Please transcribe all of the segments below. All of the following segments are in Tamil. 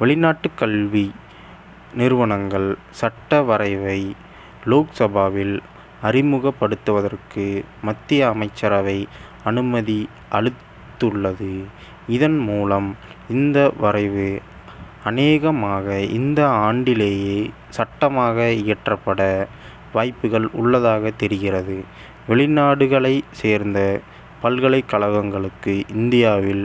வெளிநாட்டுக் கல்வி நிறுவனங்கள் சட்ட வரைவை லோக்சபாவில் அறிமுகப்படுத்துவதற்கு மத்திய அமைச்சரவை அனுமதி அளித்துள்ளது. இதன் மூலம் இந்த வரைவு அனேகமாக இந்த ஆண்டிலேயே சட்டமாக இயற்றப்பட வாய்ப்புகள் உள்ளதாக தெரிகிறது. வெளிநாடுகளைச் சேர்ந்த பல்கலைக் கழகங்களுக்கு, இந்தியாவில்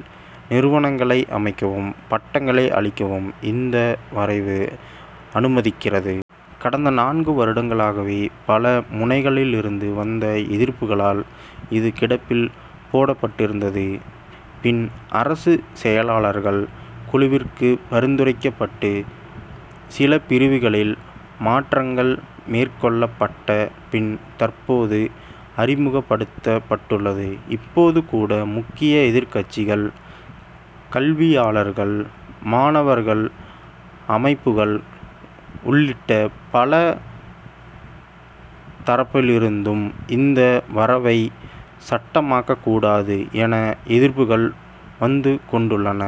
நிறுவனங்களை அமைக்கவும், பட்டங்களை அளிக்கவும் இந்த வரைவு அனுமதிக்கிறது. கடந்த நான்கு வருடங்களாகவே, பல முனைகளிலிருந்து வந்த எதிர்ப்புகளால் இது கிடப்பில் போடப்பட்டிருந்தது. பின் அரசு செயலாலர்கள் குழுவுக்கு பரிந்துரைக்கப்பட்டு சில பிரிவுகளில் மாற்றங்கள் மேற்கொள்ளப்பட்ட பின், தற்போது அறிமுகப்படுத்தப் பட்டுள்ளது. இப்போது கூட, முக்கிய எதிர்கட்சிகள், கல்வியாளர்கள், மாணவர்கள் அமைப்புகள் உள்ளிட்ட பல தரப்பிலிருந்தும் இந்த வரைவை சட்டமாக்கக் கூடாது என எதிர்ப்புகள் வந்து கொண்டுள்ளன.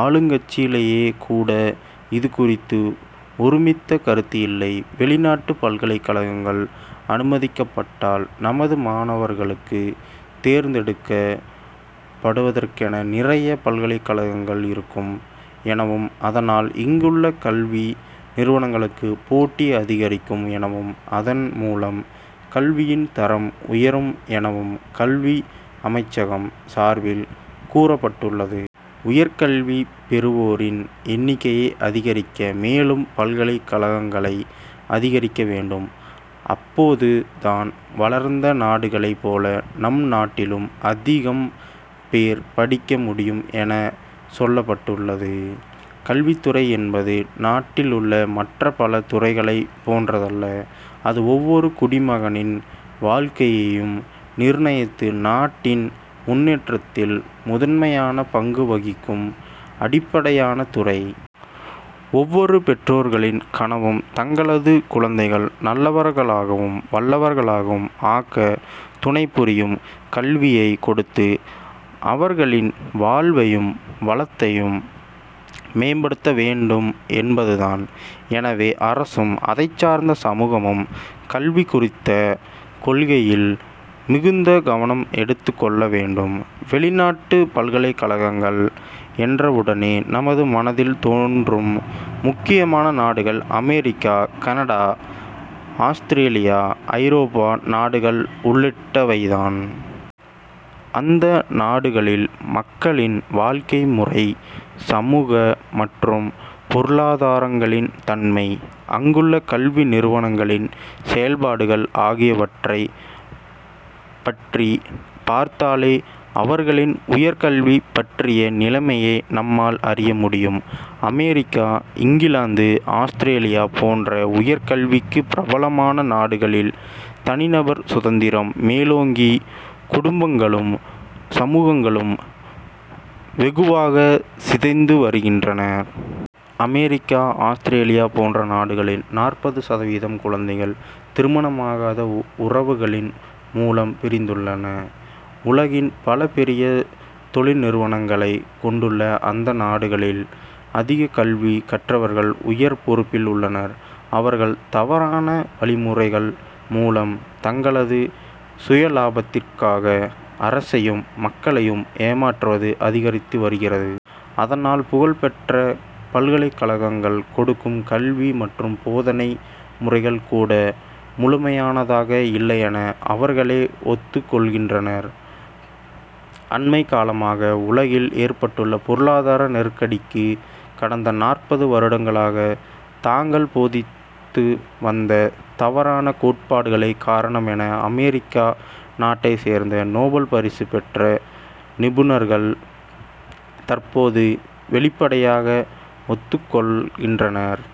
ஆளுங்கட்சியிலேயே கூட இது குறித்து ஒருமித்த கருத்து இல்லை. வெளிநாட்டுப் பல்கலைக்கழகங்கள் அனுமதிக்கப்பட்டால் நமது மாணவர்களுக்கு தேர்ந்தெடுக்கப் படுவதற்கென நிறைய பல்கலைக்கழகங்கள் இருக்கும் எனவும் அதனால் இங்குள்ள கல்வி நிறுவனங்களுக்கு, போட்டி அதிகரிக்கும் எனவும் அதன் மூலம் கல்வியின் தரம் உயரும் எனவும் கல்வி அமைச்சகம் சார்பில் கூறப்பட்டுள்ளது. உயர் கல்வி பெறுவோரின் எண்ணிக்கையை அதிகரிக்க மேலும் பல்கலைக்கழகங்களை அதிகரிக்க வேண்டும். அப்போது தான் வளர்ந்த நாடுகளைப் போல, நம் நாட்டிலும் அதிகம் பேர் படிக்க முடியும் என சொல்லப்பட்டுள்ளது. கல்வித்துறை என்பது நாட்டிலுள்ள மற்ற பல துறைகளைப் போன்றதல்ல. அது ஒவ்வொரு குடிமகனின் வாழ்க்கையையும் நிர்ணயித்து நாட்டின் முன்னேற்றத்தில் முதன்மையான பங்கு வகிக்கும் அடிப்படையான துறை. ஒவ்வொரு பெற்றோர்களின் கனவும், தங்களது குழந்தைகள் நல்லவர்களாகவும் வல்லவர்களாகவும் ஆக்க துணைபுரியும் கல்வியை கொடுத்து அவர்களின் வாழ்வையும் வளத்தையும் மேம்படுத்த வேண்டும் என்பதுதான். எனவே அரசும் அதைச்சார்ந்த சமூகமும், கல்வி குறித்த கொள்கையில் மிகுந்த கவனம் எடுத்துக் கொள்ள வேண்டும். வெளிநாட்டுப் பல்கலைக்கழகங்கள் என்றவுடனே நமது மனதில் தோன்றும் முக்கியமான நாடுகள் அமெரிக்கா, கனடா, ஆஸ்திரேலியா, ஐரோப்பா நாடுகள் உள்ளிட்டவைதான். அந்த நாடுகளில் மக்களின் வாழ்க்கை முறை, சமூக மற்றும் பொருளாதாரங்களின் தன்மை, அங்குள்ள கல்வி நிறுவனங்களின் செயல்பாடுகள் ஆகியவற்றை பற்றி பார்த்தாலே அவர்களின் உயர்கல்வி பற்றிய நிலைமையை நம்மால் அறிய முடியும். அமெரிக்கா, இங்கிலாந்து, ஆஸ்திரேலியா போன்ற உயர்கல்விக்கு பிரபலமான நாடுகளில் தனிநபர் சுதந்திரம் மேலோங்கி குடும்பங்களும், சமூகங்களும் வெகுவாக சிதைந்து வருகின்றன. அமெரிக்கா, ஆஸ்திரேலியா போன்ற நாடுகளில் நாற்பது சதவீதம் குழந்தைகள், திருமணமாகாத உறவுகளின் மூலம் பிறிந்துள்ளன. உலகின் பல பெரிய தொழில் நிறுவனங்களைக் கொண்டுள்ள அந்த நாடுகளில் அதிக கல்வி கற்றவர்கள் உயர் பொறுப்பில் உள்ளனர். அவர்கள் தவறான வழிமுறைகள் மூலம் தங்களது சுயலாபத்திக்காக அரசையும், மக்களையும் ஏமாற்றுவது அதிகரித்து வருகிறது. அதனால் புகழ்பெற்ற பல்கலைக்கழகங்கள் கொடுக்கும் கல்வி மற்றும் போதனை முறைகள் கூட முழுமையானதாக இல்லையென அவர்களே ஒத்துக் கொள்கின்றனர். அண்மைக்காலமாக உலகில் ஏற்பட்டுள்ள பொருளாதார நெருக்கடிக்கு கடந்த நாற்பது வருடங்களாகத் தாங்கள் போதித்து வந்த தவறான கோட்பாடுகளே காரணம் என அமெரிக்கா நாட்டைச் சேர்ந்த நோபல் பரிசு பெற்ற, நிபுணர்கள் தற்போது வெளிப்படையாக ஒத்துக்கொள்கின்றனர்.